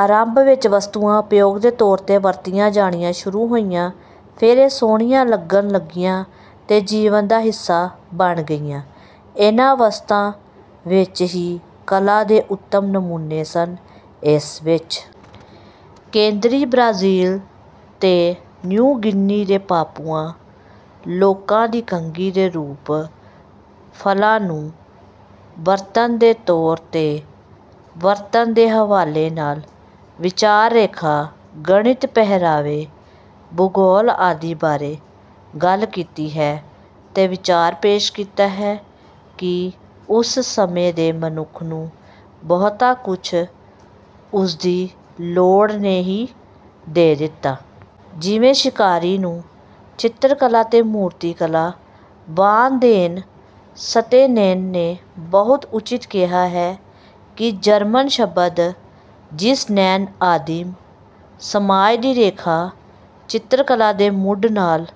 ਆਰੰਭ ਵਿੱਚ ਵਸਤੂਆਂ ਉਪਯੋਗ ਦੇ ਤੌਰ ਤੇ ਵਰਤੀਆਂ ਜਾਣੀਆਂ ਸ਼ੁਰੂ ਹੋਈਆਂ ਫਿਰ ਇਹ ਸੋਹਣੀਆਂ ਲੱਗਣ ਲੱਗੀਆਂ ਤੇ ਜੀਵਨ ਦਾ ਹਿੱਸਾ ਬਣ ਗਈਆਂ। ਇਹਨਾਂ ਵਸਤਾਂ ਵਿੱਚ ਹੀ ਕਲਾ ਦੇ ਉੱਤਮ ਨਮੂਨੇ ਸਨ। ਇਸ ਵਿੱਚ ਕੇਂਦਰੀ ਬ੍ਰਾਜ਼ੀਲ ਤੇ ਨਿਊ ਗਿਨੀ ਦੇ ਪਾਪੂਆ ਲੋਕਾਂ ਦੀ ਕੰਘੀ ਦੇ ਰੂਪ ਫਲਾਂ ਨੂੰ ਬਰਤਨ ਦੇ ਤੌਰ ਤੇ ਵਰਤਣ ਦੇ ਹਵਾਲੇ ਨਾਲ ਵਿਚਾਰ ਰੇਖਾ ਗਣਿਤ ਪਹਿਰਾਵੇ ਭੂਗੋਲ ਆਦਿ ਬਾਰੇ ਗੱਲ ਕੀਤੀ ਹੈ ਤੇ ਵਿਚਾਰ ਪੇਸ਼ ਕੀਤਾ ਹੈ ਕਿ ਉਸ ਸਮੇਂ ਦੇ ਮਨੁੱਖ ਨੂੰ ਬਹੁਤਾ ਕੁਝ ਉਸਦੀ ਲੋੜ ਨੇ ਹੀ ਦੇ ਦਿੱਤਾ। ਜਿਵੇਂ ਸ਼ਿਕਾਰੀ ਨੂੰ ਚਿੱਤਰਕਲਾ ਤੇ ਮੂਰਤੀਕਲਾ। ਵਾਨ ਦੇਨ ਸਤੇਨੇਨ ਨੇ ਬਹੁਤ ਉਚਿਤ ਕਿਹਾ ਹੈ ਕਿ ਜਰਮਨ ਸ਼ਬਦ ਜ਼ੀਸਨੈਨ ਆਦਿਮ ਸਮਾਜ ਦੀ ਰੇਖਾ ਚਿੱਤਰ ਕਲਾ ਦੇ ਮੁੱਢ ਨਾਲ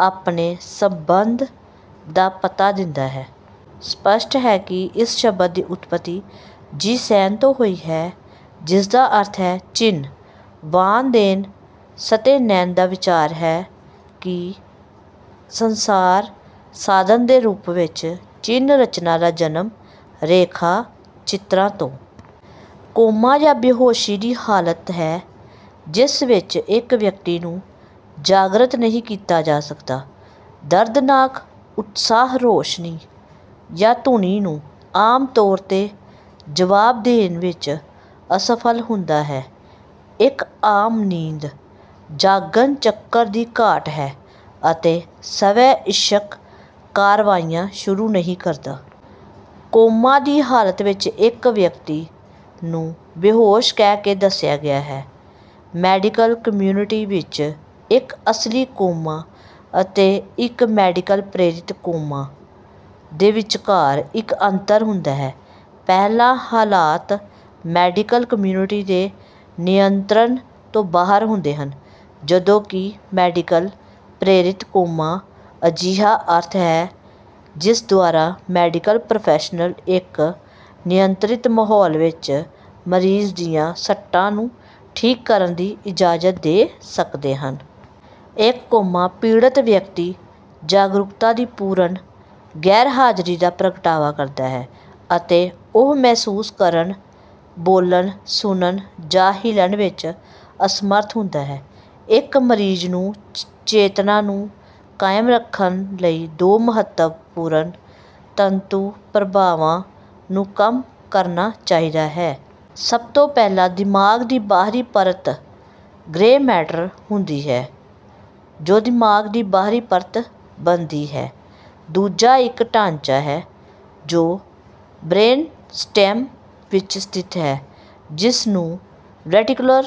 ਆਪਣੇ ਸੰਬੰਧ ਦਾ ਪਤਾ ਦਿੰਦਾ ਹੈ। ਸਪੱਸ਼ਟ ਹੈ ਕਿ ਇਸ ਸ਼ਬਦ ਦੀ ਉਤਪਤੀ ਜ਼ੀਸੈਨ ਤੋਂ ਹੋਈ ਹੈ ਜਿਸ ਦਾ ਅਰਥ ਹੈ ਚਿੰਨ੍ਹ। ਵਾਨ ਦੇਨ ਸਤੇਨੈਨ ਦਾ ਵਿਚਾਰ ਹੈ ਕਿ ਸੰਸਾਰ ਸਾਧਨ ਦੇ ਰੂਪ ਵਿੱਚ ਚਿੰਨ੍ਹ ਰਚਨਾ ਦਾ ਜਨਮ ਰੇਖਾ ਚਿੱਤਰਾਂ ਤੋਂ। ਕੋਮਾ ਜਾਂ ਬੇਹੋਸ਼ੀ ਦੀ ਹਾਲਤ ਹੈ ਜਿਸ ਵਿੱਚ ਇੱਕ ਵਿਅਕਤੀ ਨੂੰ ਜਾਗਰਤ ਨਹੀਂ ਕੀਤਾ ਜਾ ਸਕਦਾ। ਦਰਦਨਾਕ ਉਤਸ਼ਾਹ ਰੌਸ਼ਨੀ ਜਾਂ ਧੁਨੀ ਨੂੰ ਆਮ ਤੌਰ ਤੇ ਜਵਾਬ ਦੇਣ ਵਿੱਚ ਅਸਫਲ ਹੁੰਦਾ ਹੈ। ਇੱਕ ਆਮ ਨੀਂਦ ਜਾਗਣ ਚੱਕਰ ਦੀ ਘਾਟ ਹੈ ਅਤੇ ਸਵੈ ਇੱਛਕ ਕਾਰਵਾਈਆਂ ਸ਼ੁਰੂ ਨਹੀਂ ਕਰਦਾ। ਕੋਮਾ ਦੀ ਹਾਲਤ ਵਿੱਚ ਇੱਕ ਵਿਅਕਤੀ ਨੂੰ ਬੇਹੋਸ਼ ਕਹਿ ਕੇ ਦੱਸਿਆ ਗਿਆ ਹੈ। ਮੈਡੀਕਲ ਕਮਿਊਨਿਟੀ ਵਿੱਚ ਇੱਕ ਅਸਲੀ ਕੋਮਾ ਅਤੇ ਇੱਕ ਮੈਡੀਕਲ ਪ੍ਰੇਰਿਤ ਕੋਮਾ ਦੇ ਵਿਚਕਾਰ ਇੱਕ ਅੰਤਰ ਹੁੰਦਾ ਹੈ ਪਹਿਲਾ ਹਾਲਾਤ ਮੈਡੀਕਲ ਕਮਿਊਨਿਟੀ ਦੇ ਨਿਯੰਤਰਣ ਤੋਂ ਬਾਹਰ ਹੁੰਦੇ ਹਨ ਜਦੋਂ ਕਿ ਮੈਡੀਕਲ ਪ੍ਰੇਰਿਤ ਕੋਮਾ ਅਜਿਹਾ ਅਰਥ ਹੈ ਜਿਸ ਦੁਆਰਾ ਮੈਡੀਕਲ ਪ੍ਰੋਫੈਸ਼ਨਲ ਇੱਕ ਨਿਯੰਤਰਿਤ ਮਾਹੌਲ ਵਿੱਚ ਮਰੀਜ਼ ਦੀਆਂ ਸੱਟਾਂ ਨੂੰ ਠੀਕ ਕਰਨ ਦੀ ਇਜਾਜ਼ਤ ਦੇ ਸਕਦੇ ਹਨ। ਇੱਕ ਕੋਮਾ ਪੀੜਤ ਵਿਅਕਤੀ ਜਾਗਰੂਕਤਾ ਦੀ ਪੂਰਨ ਗੈਰਹਾਜ਼ਰੀ ਦਾ ਪ੍ਰਗਟਾਵਾ ਕਰਦਾ ਹੈ ਅਤੇ ਉਹ ਮਹਿਸੂਸ ਕਰਨ ਬੋਲਣ ਸੁਣਨ ਜਾਂ ਹਿੱਲਣ ਵਿੱਚ ਅਸਮਰਥ ਹੁੰਦਾ ਹੈ। ਇੱਕ ਮਰੀਜ਼ ਨੂੰ ਚੇਤਨਾ ਨੂੰ ਕਾਇਮ ਰੱਖਣ ਲਈ ਦੋ ਮਹੱਤਵਪੂਰਨ ਤੰਤੂ ਪ੍ਰਭਾਵਾਂ ਨੂੰ ਕੰਮ ਕਰਨਾ ਚਾਹੀਦਾ ਹੈ। ਸਭ ਤੋਂ ਪਹਿਲਾਂ ਦਿਮਾਗ ਦੀ ਬਾਹਰੀ ਪਰਤ ਗ੍ਰੇ ਮੈਟਰ ਹੁੰਦੀ ਹੈ ਜੋ ਦਿਮਾਗ ਦੀ ਬਾਹਰੀ ਪਰਤ ਬਣਦੀ ਹੈ। ਦੂਜਾ ਇੱਕ ਢਾਂਚਾ ਹੈ ਜੋ ਬ੍ਰੇਨਸਟੈਮ ਵਿੱਚ ਸਥਿਤ ਹੈ ਜਿਸ ਨੂੰ ਰੈਟੀਕੂਲਰ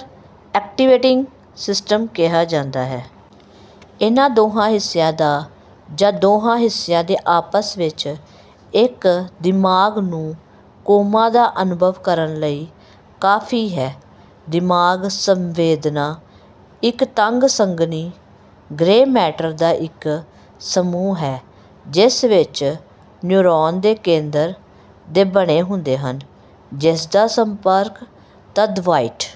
ਐਕਟੀਵੇਟਿੰਗ ਸਿਸਟਮ ਕਿਹਾ ਜਾਂਦਾ ਹੈ। ਇਹਨਾਂ ਦੋਹਾਂ ਹਿੱਸਿਆਂ ਦਾ ਜਾਂ ਦੋਹਾਂ ਹਿੱਸਿਆਂ ਦੇ ਆਪਸ ਵਿੱਚ ਇੱਕ ਦਿਮਾਗ ਨੂੰ ਕੋਮਾ ਦਾ ਅਨੁਭਵ ਕਰਨ ਲਈ ਕਾਫੀ ਹੈ। ਦਿਮਾਗ ਸੰਵੇਦਨਾ ਇੱਕ ਤੰਗ ਸੰਘਣੀ ਗ੍ਰੇ ਮੈਟਰ ਦਾ ਇੱਕ ਸਮੂਹ ਹੈ ਜਿਸ ਵਿੱਚ ਨਿਊਰੋਨ ਦੇ ਕੇਂਦਰ ਦੇ ਬਣੇ ਹੁੰਦੇ ਹਨ ਜਿਸਦਾ ਸੰਪਰਕ ਤਦ ਵ੍ਹਾਈਟ।